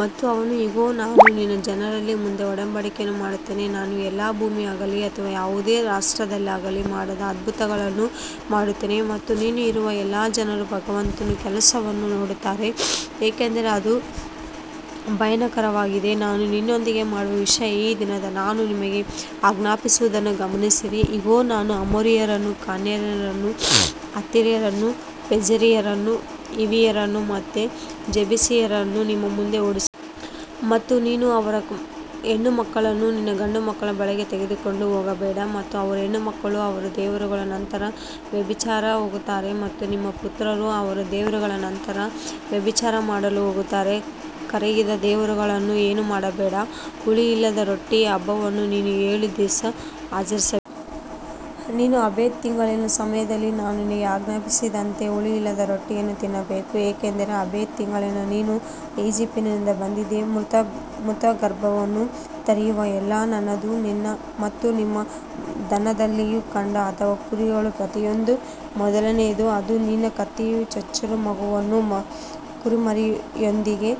ಮತ್ತು ಅವನು ಇಗೋ ನಾನು ನಿನ್ನ ಜನರೆಲ್ಲರ ಮುಂದೆ ಒಡಂಬಡಿಕೆಯನ್ನು ಮಾಡುತ್ತೇನೆ ನಾನು ಎಲ್ಲಾ ಭೂಮಿಯಲ್ಲಾಗಲಿ ಅಥವಾ ಯಾವುದೇ ರಾಷ್ಟ್ರದಲ್ಲಾಗಲಿ ಮಾಡದ ಅದ್ಭುತಗಳನ್ನು ಮಾಡುತ್ತೇನೆ ಮತ್ತು ನೀನು ಇರುವ ಎಲ್ಲಾ ಜನರು ಭಗವಂತನ ಕೆಲಸವನ್ನು ನೋಡುತ್ತಾರೆ ಏಕೆಂದರೆ ಅದು ಭಯಾನಕವಾಗಿದೆ. ನಾನು ನಿನ್ನೊಂದಿಗೆ ಮಾಡುವ ವಿಷಯ ಈ ದಿನ ನಾನು ನಿನಗೆ ಆಜ್ಞಾಪಿಸುವುದನ್ನು ಗಮನಿಸಿರಿ ಇಗೋ ನಾನು ಅಮೋರಿಯರನ್ನು ಕಾನಾನ್ಯರನ್ನು ಹಿತ್ತಿಯರನ್ನು ಪೆರಿಜ್ಜೀಯರನ್ನು ಹಿವಿಯರನ್ನು ಮತ್ತು ಜೆಬೂಸಿಯರನ್ನು ನಿಮ್ಮ ಮುಂದೆ ಓಡಿಸುತ್ತೇನೆ. ಮತ್ತು ನೀನು ಅವರ ಹೆಣ್ಣುಮಕ್ಕಳನ್ನು ನಿನ್ನ ಗಂಡುಮಕ್ಕಳ ಬಳಿಗೆ ತೆಗೆದುಕೊಂಡು ಹೋಗಬೇಡ ಮತ್ತು ಅವರ ಹೆಣ್ಣುಮಕ್ಕಳು ಅವರ ದೇವರುಗಳ ನಂತರ ವ್ಯಭಿಚಾರಕ್ಕೆ ಹೋಗುತ್ತಾರೆ ಮತ್ತು ನಿಮ್ಮ ಪುತ್ರರು ಅವರ ದೇವರುಗಳ ನಂತರ ವ್ಯಭಿಚಾರ ಮಾಡಲು ಹೋಗುತ್ತಾರೆ. ಕರಗಿದ ದೇವರುಗಳನ್ನು ನೀನು ಮಾಡಬೇಡ. ಹುಳಿಯಿಲ್ಲದ ರೊಟ್ಟಿಗಳ ಹಬ್ಬವನ್ನು ನೀನು ಏಳು ದಿವಸ ಆಚರಿಸಬೇಕು. ನೀನು ಆಬೀಬ್ ತಿಂಗಳಿನ ಸಮಯದಲ್ಲಿ ನಾನು ನಿನಗೆ ಆಜ್ಞಾಪಿಸಿದಂತೆ ಹುಳಿಯಿಲ್ಲದ ರೊಟ್ಟಿಯನ್ನು ತಿನ್ನಬೇಕು ಏಕೆಂದರೆ ಅಬೀಬ್ ತಿಂಗಳಲ್ಲಿ ನೀನು ಈಜಿಪ್ಟಿನಿಂದ ಬಂದಿದ್ದೀ. ಮಾತೃಗರ್ಭವನ್ನು ತೆರೆಯುವ ಎಲ್ಲವೂ ನನ್ನದು ಮತ್ತು ನಿಮ್ಮ ದನಗಳಲ್ಲಿ ಗಂಡು ಅಥವಾ ಕುರಿಗಳ ಪ್ರತಿಯೊಂದು ಮೊದಲನೆಯದು. ಆದರೆ ನೀನು ಕತ್ತೆಯ ಚೊಚ್ಚಲ ಮಗುವನ್ನು ಕುರಿಮರಿಯೊಂದಿಗೆ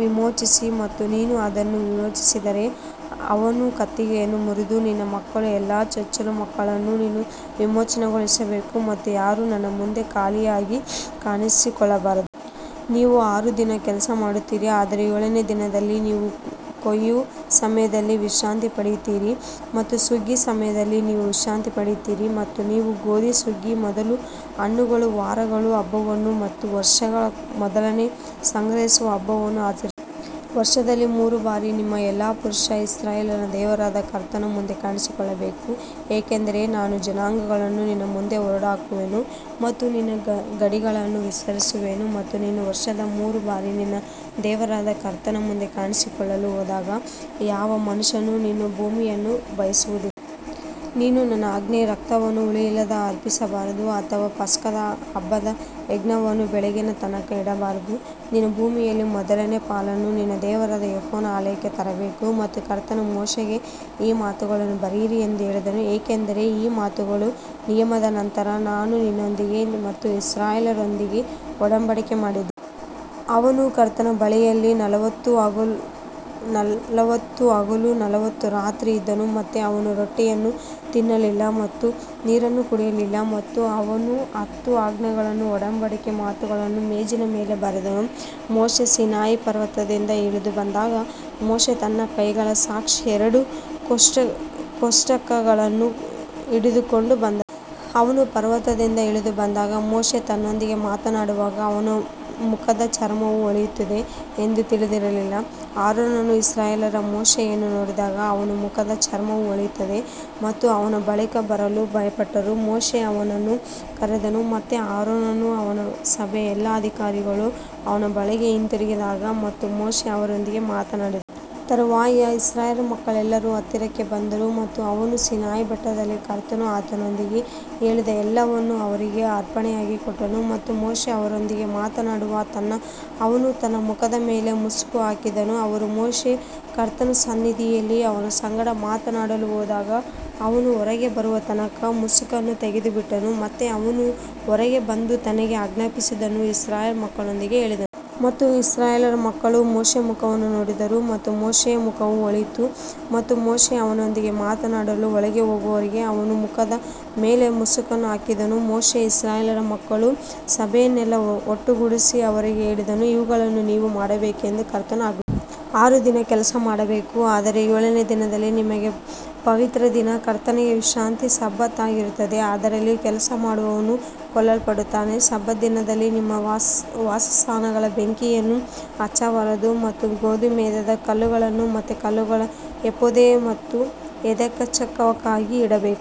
ವಿಮೋಚಿಸು ಮತ್ತು ನೀನು ಅದನ್ನು ವಿಮೋಚಿಸದಿದ್ದರೆ ಅವನ ಕುತ್ತಿಗೆಯನ್ನು ಮುರಿದು ನಿನ್ನ ಮಕ್ಕಳ ಎಲ್ಲಾ ಚೊಚ್ಚಲ ಮಕ್ಕಳನ್ನು ನೀನು ವಿಮೋಚನೆಗೊಳಿಸಬೇಕು ಮತ್ತು ಯಾರೂ ನನ್ನ ಮುಂದೆ ಖಾಲಿಯಾಗಿ ಕಾಣಿಸಿಕೊಳ್ಳಬಾರದು. ನೀವು ಆರು ದಿನ ಕೆಲಸ ಮಾಡುತ್ತೀರಿ ಆದರೆ ಏಳನೇ ದಿನದಲ್ಲಿ ನೀವು ಕೊಯ್ಲು ಸಮಯದಲ್ಲಿ ವಿಶ್ರಾಂತಿ ಪಡೆಯುತ್ತೀರಿ ಮತ್ತು ಸುಗ್ಗಿಯ ಸಮಯದಲ್ಲಿ ನೀವು ವಿಶ್ರಾಂತಿ ಪಡೆಯುತ್ತೀರಿ. ಮತ್ತು ನೀವು ಗೋಧಿ ಸುಗ್ಗಿಯ ಮೊದಲ ಹಣ್ಣುಗಳ ವಾರಗಳ ಹಬ್ಬವನ್ನು ಮತ್ತು ವರ್ಷಗಳ ಕೊನೆಯಲ್ಲಿ ಸಂಗ್ರಹಿಸುವ ಹಬ್ಬವನ್ನು ಆಚರಿಸುತ್ತೀರಿ. ವರ್ಷದಲ್ಲಿ ಮೂರು ಬಾರಿ ನಿಮ್ಮ ಎಲ್ಲಾ ಪುರುಷರು ಇಸ್ರಾಯೇಲಿನ ದೇವರಾದ ಕರ್ತನ ಮುಂದೆ ಕಾಣಿಸಿಕೊಳ್ಳಬೇಕು ಯಾಕಂದರೆ ನಾನು ಜನಾಂಗಗಳನ್ನು ನಿನ್ನ ಮುಂದೆ ಹೊರಹಾಕುವೆನು ಮತ್ತು ನಿನ್ನ ಗಡಿಗಳನ್ನು ವಿಸ್ತರಿಸುವೆನು ಮತ್ತು ನೀನು ವರ್ಷದಲ್ಲಿ ಮೂರು ಬಾರಿ ನಿನ್ನ ದೇವರಾದ ಕರ್ತನ ಮುಂದೆ ಕಾಣಿಸಿಕೊಳ್ಳಲು ಹೋದಾಗ ಯಾವ ಮನುಷ್ಯನೂ ನಿನ್ನ ಭೂಮಿಯನ್ನು ಬಯಸುವುದಿಲ್ಲ. ನೀನು ನನ್ನ ಯಜ್ಞದ ರಕ್ತವನ್ನು ಹುಳಿಯೊಂದಿಗೆ ಅರ್ಪಿಸಬಾರದು ಅಥವಾ ಪಸ್ಕದ ಹಬ್ಬದ ಯಜ್ಞವನ್ನು ಬೆಳಗಿನ ತನಕ ಬಿಡಬಾರದು. ನಿನ್ನ ಭೂಮಿಯಲ್ಲಿ ಮೊದಲನೆಯ ಫಲವನ್ನು ನಿನ್ನ ದೇವರಾದ ಯೆಹೋವನ ಆಲಯಕ್ಕೆ ತರಬೇಕು. ಮತ್ತು ಕರ್ತನು ಮೋಶೆಗೆ ಈ ಮಾತುಗಳನ್ನು ಬರೆಯಿರಿ ಎಂದು ಹೇಳಿದನು ಏಕೆಂದರೆ ಈ ಮಾತುಗಳ ನಿಯಮದ ನಂತರ ನಾನು ನಿನ್ನೊಂದಿಗೆ ಮತ್ತು ಇಸ್ರಾಯೇಲ್ಯರೊಂದಿಗೆ ಒಡಂಬಡಿಕೆಯನ್ನು ಮಾಡಿದ್ದೇನೆ. ಅವನು ಕರ್ತನ ಬಳಿಯಲ್ಲಿ ನಲವತ್ತು ಹಗಲು ನಲವತ್ತು ರಾತ್ರಿ ಇದ್ದನು ಮತ್ತು ಅವನು ರೊಟ್ಟಿಯನ್ನು ತಿನ್ನಲಿಲ್ಲ ಮತ್ತು ನೀರನ್ನು ಕುಡಿಯಲಿಲ್ಲ ಮತ್ತು ಅವನು ಹತ್ತು ಆಜ್ಞೆಗಳನ್ನು ಒಡಂಬಡಿಕೆಯ ಮಾತುಗಳನ್ನು ಮೇಜಿನ ಮೇಲೆ ಬರೆದನು. ಮೋಶೆಯು ಸೀನಾಯಿ ಪರ್ವತದಿಂದ ಇಳಿದು ಬಂದಾಗ ಮೋಶೆಯು ತನ್ನ ಕೈಯಲ್ಲಿ ಸಾಕ್ಷಿಯ ಎರಡು ಕೋಷ್ಟಕಗಳನ್ನು ಹಿಡಿದುಕೊಂಡು ಬಂದನು. ಅವನು ಪರ್ವತದಿಂದ ಇಳಿದು ಬಂದಾಗ ಮೋಶೆಯು ತನ್ನೊಂದಿಗೆ ಮಾತನಾಡುವಾಗ ಅವನ ಮುಖದ ಚರ್ಮವು ಹೊಳೆಯುತ್ತದೆ ಎಂದು ತಿಳಿದಿರಲಿಲ್ಲ. ಆರೋನನೂ ಇಸ್ರಾಯೇಲ್ಯರೆಲ್ಲರೂ ಮೋಶೆಯನ್ನು ನೋಡಿದಾಗ ಅವನ ಮುಖದ ಚರ್ಮವು ಹೊಳೆಯಿತು ಮತ್ತು ಅವನ ಬಳಿಗೆ ಬರಲು ಭಯಪಟ್ಟರು. ಮೋಶೆಯು ಅವರನ್ನು ಕರೆದನು ಮತ್ತು ಆರೋನನು ಮತ್ತು ಸಭೆಯ ಎಲ್ಲಾ ಅಧಿಕಾರಿಗಳು ಅವನ ಬಳಿಗೆ ಹಿಂದಿರುಗಿದರು ಮತ್ತು ಮೋಶೆಯು ಅವರೊಂದಿಗೆ ಮಾತನಾಡಿದನು. ತರುವಾಯ ಇಸ್ರಾಯೇಲ್ ಮಕ್ಕಳೆಲ್ಲರೂ ಹತ್ತಿರಕ್ಕೆ ಬಂದರು ಮತ್ತು ಅವನು ಸೀನಾಯಿ ಬೆಟ್ಟದಲ್ಲಿ ಕರ್ತನು ತನ್ನೊಂದಿಗೆ ಹೇಳಿದ ಎಲ್ಲವನ್ನೂ ಅವರಿಗೆ ಅಪ್ಪಣೆಯಾಗಿ ಕೊಟ್ಟನು. ಮತ್ತು ಮೋಶೆಯು ಅವರೊಂದಿಗೆ ಮಾತನಾಡುವ ತನಕ ಅವನು ತನ್ನ ಮುಖದ ಮೇಲೆ ಮುಸುಕು ಹಾಕಿದನು ಆದರೆ ಮೋಶೆಯು ಕರ್ತನ ಸನ್ನಿಧಿಯಲ್ಲಿ ಅವನ ಸಂಗಡ ಮಾತನಾಡಲು ಹೋದಾಗ ಅವನು ಹೊರಗೆ ಬರುವ ತನಕ ಮುಸುಕನ್ನು ತೆಗೆದುಬಿಟ್ಟನು ಮತ್ತು ಅವನು ಹೊರಗೆ ಬಂದು ತನಗೆ ಆಜ್ಞಾಪಿಸಿದ್ದನ್ನು ಇಸ್ರಾಯೇಲ್ ಮಕ್ಕಳೊಂದಿಗೆ ಹೇಳಿದನು. ಮತ್ತು ಇಸ್ರಾಯೇಲ್ ಮಕ್ಕಳು ಮೋಶೆಯ ಮುಖವನ್ನು ನೋಡಿದರು ಮತ್ತು ಮೋಶೆಯ ಮುಖವು ಹೊಳೆಯಿತು ಮತ್ತು ಮೋಶೆಯು ಅವನೊಂದಿಗೆ ಮಾತನಾಡಲು ಒಳಗೆ ಹೋಗುವವರೆಗೂ ಅವನ ಮುಖದ ಮೇಲೆ ಮುಸುಕನ್ನು ಹಾಕಿದನು. ಮೋಶೆಯು ಇಸ್ರಾಯೇಲ್ ಮಕ್ಕಳ ಸಭೆಯನ್ನೆಲ್ಲಾ ಒಟ್ಟುಗೂಡಿಸಿ ಅವರಿಗೆ ಹೇಳಿದನು ಇವುಗಳನ್ನು ನೀವು ಮಾಡಬೇಕೆಂದು ಕರ್ತನು ಆಜ್ಞಾಪಿಸಿದನು. ಆರು ದಿನ ಕೆಲಸ ಮಾಡಬೇಕು ಆದರೆ ಏಳನೆಯ ದಿನದಲ್ಲಿ ನಿಮಗೆ ಪವಿತ್ರ ದಿನವು ಕರ್ತನಿಗೆ ವಿಶ್ರಾಂತಿಯ ಸಬ್ಬತ್ ಆಗಿರುತ್ತದೆ ಅದರಲ್ಲಿ ಕೆಲಸ ಮಾಡುವವನು ಕೊಲ್ಲಲ್ಪಡುತ್ತಾನೆ. ಸಬ್ಬತ್ ದಿನದಲ್ಲಿ ನಿಮ್ಮ ವಾಸಸ್ಥಾನಗಳಲ್ಲಿ ಬೆಂಕಿಯನ್ನು ಹಚ್ಚಬಾರದು ಮತ್ತು ಗೋಮೇಧದ ಕಲ್ಲುಗಳು ಮತ್ತು ಕಲ್ಲುಗಳು ಏಫೋದ್ ಮತ್ತು ಎದೆಕವಚಕ್ಕಾಗಿ ಇಡಬೇಕು.